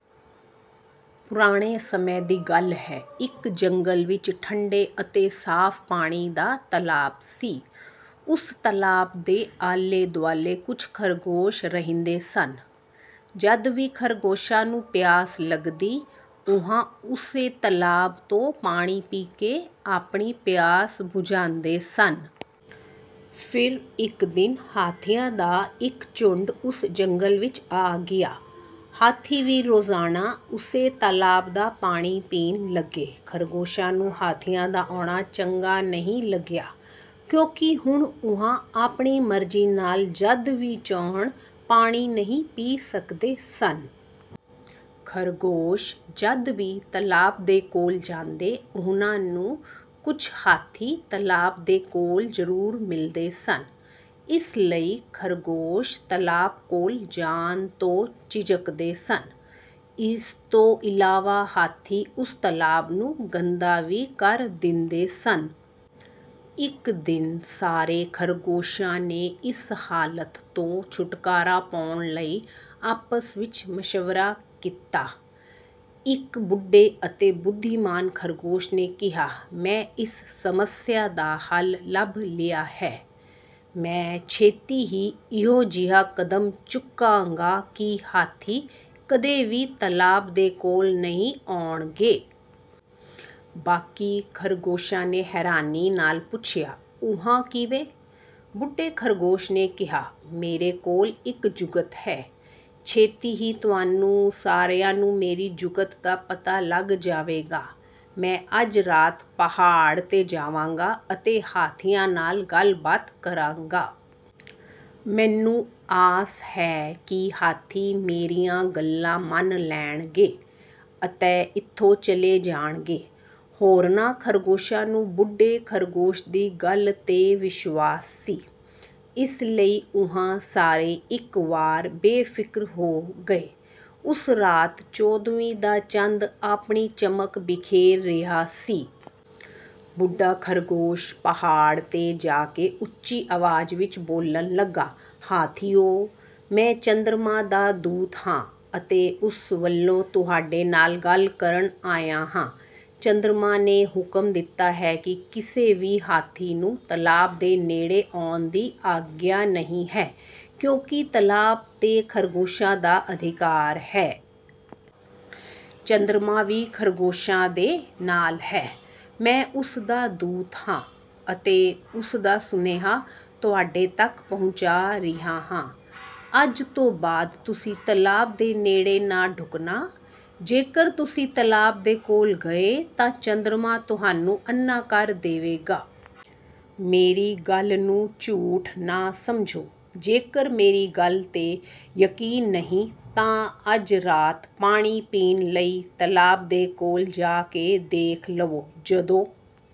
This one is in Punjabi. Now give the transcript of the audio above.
ਪੁਰਾਣੇ ਸਮੇਂ ਦੀ ਗੱਲ ਹੈ। ਇੱਕ ਜੰਗਲ ਵਿੱਚ ਠੰਢੇ ਅਤੇ ਸਾਫ਼ ਪਾਣੀ ਦਾ ਤਲਾਬ ਸੀ। ਉਸ ਤਲਾਬ ਦੇ ਆਲੇ-ਦੁਆਲੇ ਕੁਝ ਖ਼ਰਗੋਸ਼ ਰਹਿੰਦੇ ਸਨ। ਜਦ ਵੀ ਖ਼ਰਗੋਸ਼ਾਂ ਨੂੰ ਪਿਆਸ ਲੱਗਦੀ, ਉਹ ਉਸੇ ਤਲਾਬ ਤੋਂ ਪਾਣੀ ਪੀ ਕੇ ਆਪਣੀ ਪਿਆਸ ਬੁਝਾਉਂਦੇ ਸਨ। ਫਿਰ ਇੱਕ ਦਿਨ ਹਾਥੀਆਂ ਦਾ ਇੱਕ ਝੁੰਡ ਉਸ ਜੰਗਲ ਵਿੱਚ ਆ ਗਿਆ। ਹਾਥੀ ਵੀ ਰੋਜ਼ਾਨਾ ਉਸੇ ਤਲਾਬ ਦਾ ਪਾਣੀ ਪੀਣ ਲੱਗੇ। ਖ਼ਰਗੋਸ਼ਾਂ ਨੂੰ ਹਾਥੀਆਂ ਦਾ ਆਉਣਾ ਚੰਗਾ ਨਹੀਂ ਲੱਗਿਆ ਕਿਉਂਕਿ ਹੁਣ ਉਹ ਆਪਣੀ ਮਰਜ਼ੀ ਨਾਲ ਜਦ ਵੀ ਚਾਹੁਣ ਪਾਣੀ ਨਹੀਂ ਪੀ ਸਕਦੇ ਸਨ। ਖ਼ਰਗੋਸ਼ ਜਦ ਵੀ ਤਲਾਬ ਦੇ ਕੋਲ ਜਾਂਦੇ, ਉਹਨਾਂ ਨੂੰ ਕੁਝ ਹਾਥੀ ਤਲਾਬ ਦੇ ਕੋਲ ਜ਼ਰੂਰ ਮਿਲਦੇ ਸਨ, ਇਸ ਲਈ ਖ਼ਰਗੋਸ਼ ਤਲਾਬ ਕੋਲ ਜਾਣ ਤੋਂ ਝਿਜਕਦੇ ਸਨ। ਇਸ ਤੋਂ ਇਲਾਵਾ ਹਾਥੀ ਉਸ ਤਲਾਬ ਨੂੰ ਗੰਦਾ ਵੀ ਕਰ ਦਿੰਦੇ ਸਨ। ਇੱਕ ਦਿਨ ਸਾਰੇ ਖ਼ਰਗੋਸ਼ਾਂ ਨੇ ਇਸ ਹਾਲਤ ਤੋਂ ਛੁਟਕਾਰਾ ਪਾਉਣ ਲਈ ਆਪਸ ਵਿੱਚ ਮਸ਼ਵਰਾ ਕੀਤਾ। ਇੱਕ ਬੁੱਢੇ ਅਤੇ ਬੁੱਧੀਮਾਨ ਖ਼ਰਗੋਸ਼ ਨੇ ਕਿਹਾ, "ਮੈਂ ਇਸ ਸਮੱਸਿਆ ਦਾ ਹੱਲ ਲੱਭ ਲਿਆ ਹੈ। ਮੈਂ ਛੇਤੀ ਹੀ ਇਹੋ ਜਿਹਾ ਕਦਮ ਚੁੱਕਾਂਗਾ ਕਿ ਹਾਥੀ ਕਦੇ ਵੀ ਤਲਾਬ ਦੇ ਕੋਲ ਨਹੀਂ ਆਉਣਗੇ।" ਬਾਕੀ ਖ਼ਰਗੋਸ਼ਾਂ ਨੇ ਹੈਰਾਨੀ ਨਾਲ ਪੁੱਛਿਆ, "ਉਹ ਕਿਵੇਂ?" ਬੁੱਢੇ ਖ਼ਰਗੋਸ਼ ਨੇ ਕਿਹਾ, "ਮੇਰੇ ਕੋਲ ਇੱਕ ਜੁਗਤ ਹੈ, ਛੇਤੀ ਹੀ ਤੁਹਾਨੂੰ ਸਾਰਿਆਂ ਨੂੰ ਮੇਰੀ ਜੁਗਤ ਦਾ ਪਤਾ ਲੱਗ ਜਾਵੇਗਾ। ਮੈਂ ਅੱਜ ਰਾਤ ਪਹਾੜ 'ਤੇ ਜਾਵਾਂਗਾ ਅਤੇ ਹਾਥੀਆਂ ਨਾਲ ਗੱਲਬਾਤ ਕਰਾਂਗਾ। ਮੈਨੂੰ ਆਸ ਹੈ ਕਿ ਹਾਥੀ ਮੇਰੀਆਂ ਗੱਲਾਂ ਮੰਨ ਲੈਣਗੇ ਅਤੇ ਇੱਥੋਂ ਚਲੇ ਜਾਣਗੇ।" ਹੋਰਨਾਂ ਖ਼ਰਗੋਸ਼ਾਂ ਨੂੰ ਬੁੱਢੇ ਖ਼ਰਗੋਸ਼ ਦੀ ਗੱਲ 'ਤੇ ਵਿਸ਼ਵਾਸ ਸੀ, ਇਸ ਲਈ ਉਹ ਸਾਰੇ ਇੱਕ ਵਾਰ ਬੇਫ਼ਿਕਰ ਹੋ ਗਏ। ਉਸ ਰਾਤ ਚੌਦਵੀਂ ਦਾ ਚੰਦ ਆਪਣੀ ਚਮਕ ਬਿਖੇਰ ਰਿਹਾ ਸੀ। ਬੁੱਢਾ ਖ਼ਰਗੋਸ਼ ਪਹਾੜ 'ਤੇ ਜਾ ਕੇ ਉੱਚੀ ਆਵਾਜ਼ ਵਿੱਚ ਬੋਲਣ ਲੱਗਾ, "ਹਾਥੀਓ, ਮੈਂ ਚੰਦਰਮਾ ਦਾ ਦੂਤ ਹਾਂ ਅਤੇ ਉਸ ਵੱਲੋਂ ਤੁਹਾਡੇ ਨਾਲ ਗੱਲ ਕਰਨ ਆਇਆ ਹਾਂ। ਚੰਦਰਮਾ ਨੇ ਹੁਕਮ ਦਿੱਤਾ ਹੈ ਕਿ ਕਿਸੇ ਵੀ ਹਾਥੀ ਨੂੰ ਤਲਾਬ ਦੇ ਨੇੜੇ ਆਉਣ ਦੀ ਆਗਿਆ ਨਹੀਂ ਹੈ ਕਿਉਂਕਿ ਤਲਾਬ 'ਤੇ ਖ਼ਰਗੋਸ਼ਾਂ ਦਾ ਅਧਿਕਾਰ ਹੈ। ਚੰਦਰਮਾ ਵੀ ਖ਼ਰਗੋਸ਼ਾਂ ਦੇ ਨਾਲ ਹੈ। ਮੈਂ ਉਸ ਦਾ ਦੂਤ ਹਾਂ ਅਤੇ ਉਸ ਦਾ ਸੁਨੇਹਾ ਤੁਹਾਡੇ ਤੱਕ ਪਹੁੰਚਾ ਰਿਹਾ ਹਾਂ। ਅੱਜ ਤੋਂ ਬਾਅਦ ਤੁਸੀਂ ਤਲਾਬ ਦੇ ਨੇੜੇ ਨਾ ਢੁਕਣਾ। ਜੇਕਰ ਤੁਸੀਂ ਤਲਾਬ ਦੇ ਕੋਲ ਗਏ ਤਾਂ ਚੰਦਰਮਾ ਤੁਹਾਨੂੰ ਅੰਨ੍ਹਾ ਕਰ ਦੇਵੇਗਾ। ਮੇਰੀ ਗੱਲ ਨੂੰ ਝੂਠ ਨਾ ਸਮਝੋ, ਜੇਕਰ ਮੇਰੀ ਗੱਲ 'ਤੇ ਯਕੀਨ ਨਹੀਂ ਤਾਂ ਅੱਜ ਰਾਤ ਪਾਣੀ ਪੀਣ ਲਈ ਤਲਾਬ ਦੇ ਕੋਲ ਜਾ ਕੇ ਦੇਖ ਲਵੋ।"ਜਦੋਂ